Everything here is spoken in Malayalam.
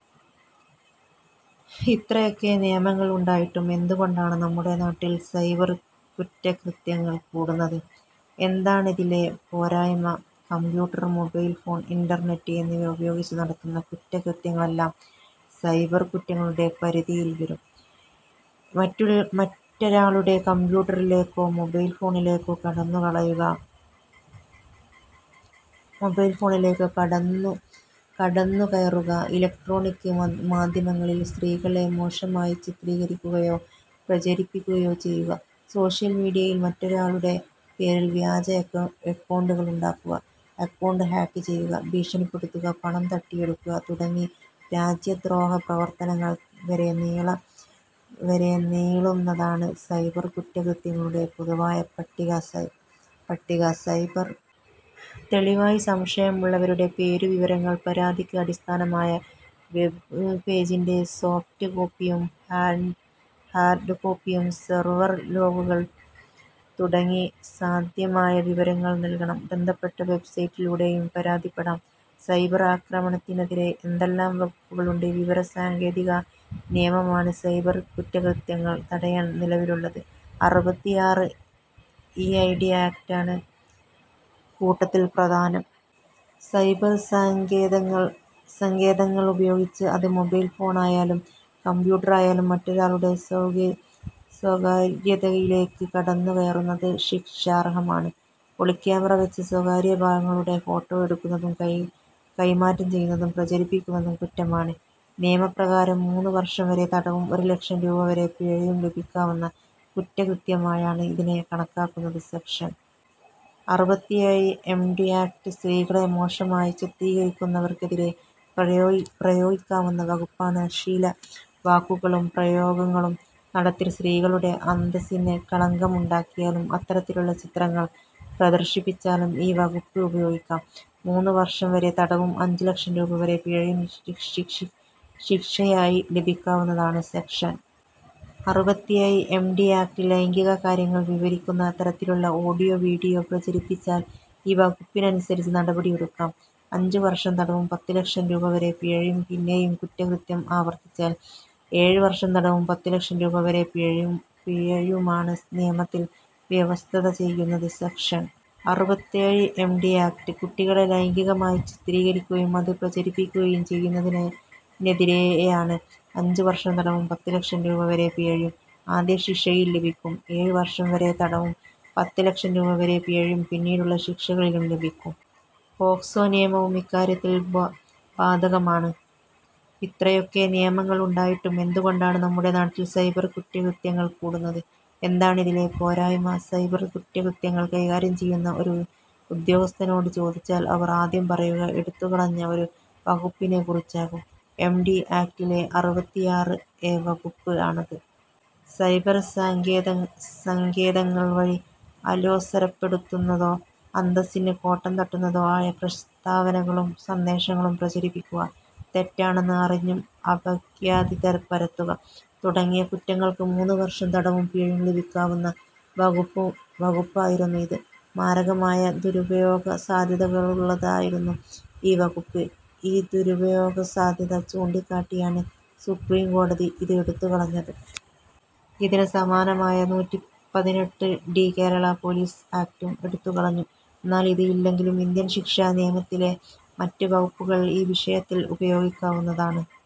ഇത്രയൊക്കെ നിയമങ്ങൾ ഉണ്ടായിട്ടും എന്തുകൊണ്ടാണ് നമ്മുടെ നാട്ടിൽ സൈബർ കുറ്റകൃത്യങ്ങൾ കൂടുന്നത്. എന്താണിതിലെ പോരായ്മ. കമ്പ്യൂട്ടർ, മൊബൈൽ ഫോൺ, ഇന്റർനെറ്റ് എന്നിവ ഉപയോഗിച്ച് നടത്തുന്ന കുറ്റകൃത്യങ്ങളെല്ലാം സൈബർ കുറ്റങ്ങളുടെ പരിധിയിൽ വരും. മറ്റൊരാളുടെ കമ്പ്യൂട്ടറിലേക്കോ മൊബൈൽ ഫോണിലേക്കോ കടന്നുകയറുക, ഇലക്ട്രോണിക് മാധ്യമങ്ങളിൽ സ്ത്രീകളെ മോശമായി ചിത്രീകരിക്കുകയോ പ്രചരിപ്പിക്കുകയോ ചെയ്യുക, സോഷ്യൽ മീഡിയയിൽ മറ്റൊരാളുടെ പേരിൽ വ്യാജ അക്കൗണ്ടുണ്ടാക്കുക, അക്കൗണ്ട് ഹാക്ക് ചെയ്യുക, ഭീഷണിപ്പെടുത്തുക, പണം തട്ടിയെടുക്കുക തുടങ്ങി രാജ്യദ്രോഹ പ്രവർത്തനങ്ങൾ വരെ നീള വരെ നീളുന്നതാണ് സൈബർ കുറ്റകൃത്യങ്ങളുടെ പൊതുവായ പട്ടിക. സൈബർ തെളിവായി സംശയമുള്ളവരുടെ പേരുവിവരങ്ങൾ, പരാതിക്ക് അടിസ്ഥാനമായ വെബ് പേജിന്റെ സോഫ്റ്റ് കോപ്പിയും ഹാർഡ് കോപ്പിയും, സെർവർ ലോഗുകൾ തുടങ്ങി സാധ്യമായ വിവരങ്ങൾ നൽകണം. ബന്ധപ്പെട്ട വെബ്സൈറ്റിലൂടെയും പരാതിപ്പെടാം. സൈബർ ആക്രമണത്തിനെതിരെ എന്തെല്ലാം വകുപ്പുകളുണ്ട്. വിവര സാങ്കേതിക നിയമമാണ് സൈബർ കുറ്റകൃത്യങ്ങൾ തടയാൻ നിലവിലുള്ളത്. അറുപത്തിയാറ് ഇ ഐ ടി ആക്ടാണ് കൂട്ടത്തിൽ പ്രധാനം. സൈബർ സങ്കേതങ്ങൾ ഉപയോഗിച്ച് അത് മൊബൈൽ ഫോണായാലും കമ്പ്യൂട്ടറായാലും മറ്റൊരാളുടെ സ്വകാര്യതയിലേക്ക് കടന്നുകയറുന്നത് ശിക്ഷാർഹമാണ്. ഒളിക്യാമറ വച്ച് സ്വകാര്യ ഭാഗങ്ങളുടെ ഫോട്ടോ എടുക്കുന്നതും കൈമാറ്റം ചെയ്യുന്നതും പ്രചരിപ്പിക്കുന്നതും കുറ്റമാണ്. നിയമപ്രകാരം മൂന്ന് വർഷം വരെ തടവും ഒരു ലക്ഷം രൂപ വരെ പിഴയും ലഭിക്കാവുന്ന കുറ്റകൃത്യമായാണ് ഇതിനെ കണക്കാക്കുന്നത്. സെക്ഷൻ അറുപത്തിയേഴ് എം ടി ർ.ആക്ട് സ്ത്രീകളെ മോശമായി ചിത്രീകരിക്കുന്നവർക്കെതിരെ പ്രയോഗിപ്രയോഗിക്കാവുന്ന വകുപ്പാണ്. അശ്ലീല വാക്കുകളും പ്രയോഗങ്ങളും നടത്തി സ്ത്രീകളുടെ അന്തസിന് കളങ്കമുണ്ടാക്കിയാലും അത്തരത്തിലുള്ള ചിത്രങ്ങൾ പ്രദർശിപ്പിച്ചാലും ഈ വകുപ്പ് ഉപയോഗിക്കാം. മൂന്ന് വർഷം വരെ തടവും അഞ്ച് ലക്ഷം രൂപ വരെ പിഴയും ശിക്ഷശിക്ഷയായി ലഭിക്കാവുന്നതാണ്. സെക്ഷൻ അറുപത്തിയേഴ് ഐ ടി ആക്ട് ലൈംഗിക കാര്യങ്ങൾ വിവരിക്കുന്ന തരത്തിലുള്ള ഓഡിയോ വീഡിയോ പ്രചരിപ്പിച്ചാൽ ഈ വകുപ്പനുസരിച്ച് നടപടി എടുക്കാം. അഞ്ച് വർഷം തടവും പത്ത് ലക്ഷം രൂപ വരെ പിഴയും പിന്നെയും കുറ്റകൃത്യം ആവർത്തിച്ചാൽ ഏഴ് വർഷം തടവും പത്ത് ലക്ഷം രൂപ വരെ പിഴയുമാണ് നിയമത്തിൽ വ്യവസ്ഥ ചെയ്യുന്നത്. സെക്ഷൻ അറുപത്തിയേഴ് ഐ ടി ആക്ട് കുട്ടികളെ ലൈംഗികമായി ചിത്രീകരിക്കുകയും അത് പ്രചരിപ്പിക്കുകയും ചെയ്യുന്നതിനെതിരെയാണ്. അഞ്ച് വർഷം തടവും പത്ത് ലക്ഷം രൂപ വരെ പിഴയും ആദ്യ ശിക്ഷയിൽ ലഭിക്കും. ഏഴ് വർഷം വരെ തടവും പത്ത് ലക്ഷം രൂപ വരെ പിഴയും പിന്നീടുള്ള ശിക്ഷകളിലും ലഭിക്കും. പോക്സോ നിയമവും ഇക്കാര്യത്തിൽ ബാധകമാണ്. ഇത്രയൊക്കെ നിയമങ്ങൾ ഉണ്ടായിട്ടും എന്തുകൊണ്ടാണ് നമ്മുടെ നാട്ടിൽ സൈബർ കുറ്റകൃത്യങ്ങൾ കൂടുന്നത്. എന്താണിതിലെ പോരായ്മ. സൈബർ കുറ്റകൃത്യങ്ങൾ കൈകാര്യം ചെയ്യുന്ന ഒരു ഉദ്യോഗസ്ഥനോട് ചോദിച്ചാൽ അവർ ആദ്യം പറയുക എടുത്തുകളഞ്ഞ ഒരു വകുപ്പിനെക്കുറിച്ചാകും. ഐ ടി ആക്ടിലെ അറുപത്തിയാറ് എ വകുപ്പ് ആണത്. സൈബർ സങ്കേതങ്ങൾ വഴി അലോസരപ്പെടുത്തുന്നതോ അന്തസ്സിന് കോട്ടം തട്ടുന്നതോ ആയ പ്രസ്താവനകളും സന്ദേശങ്ങളും പ്രചരിപ്പിക്കുക, തെറ്റാണെന്ന് അറിഞ്ഞും അപഖ്യാതി പരത്തുക തുടങ്ങിയ കുറ്റങ്ങൾക്ക് മൂന്ന് വർഷം തടവും പിഴയും ലഭിക്കാവുന്ന വകുപ്പായിരുന്നു ഇത്. മാരകമായ ദുരുപയോഗ സാധ്യതകളുള്ളതായിരുന്നു ഈ വകുപ്പ്. ഈ ദുരുപയോഗ സാധ്യത ചൂണ്ടിക്കാട്ടിയാണ് സുപ്രീംകോടതി ഇത് എടുത്തുകളഞ്ഞത്. ഇതിന് സമാനമായ നൂറ്റിപ്പതിനെട്ട് ഡി കേരള പൊലീസ് ആക്ടും എടുത്തുകളഞ്ഞു. എന്നാൽ ഇത് ഇല്ലെങ്കിലും ഇന്ത്യൻ ശിക്ഷാ നിയമത്തിലെ മറ്റ് വകുപ്പുകൾ ഈ വിഷയത്തിൽ ഉപയോഗിക്കാവുന്നതാണ്.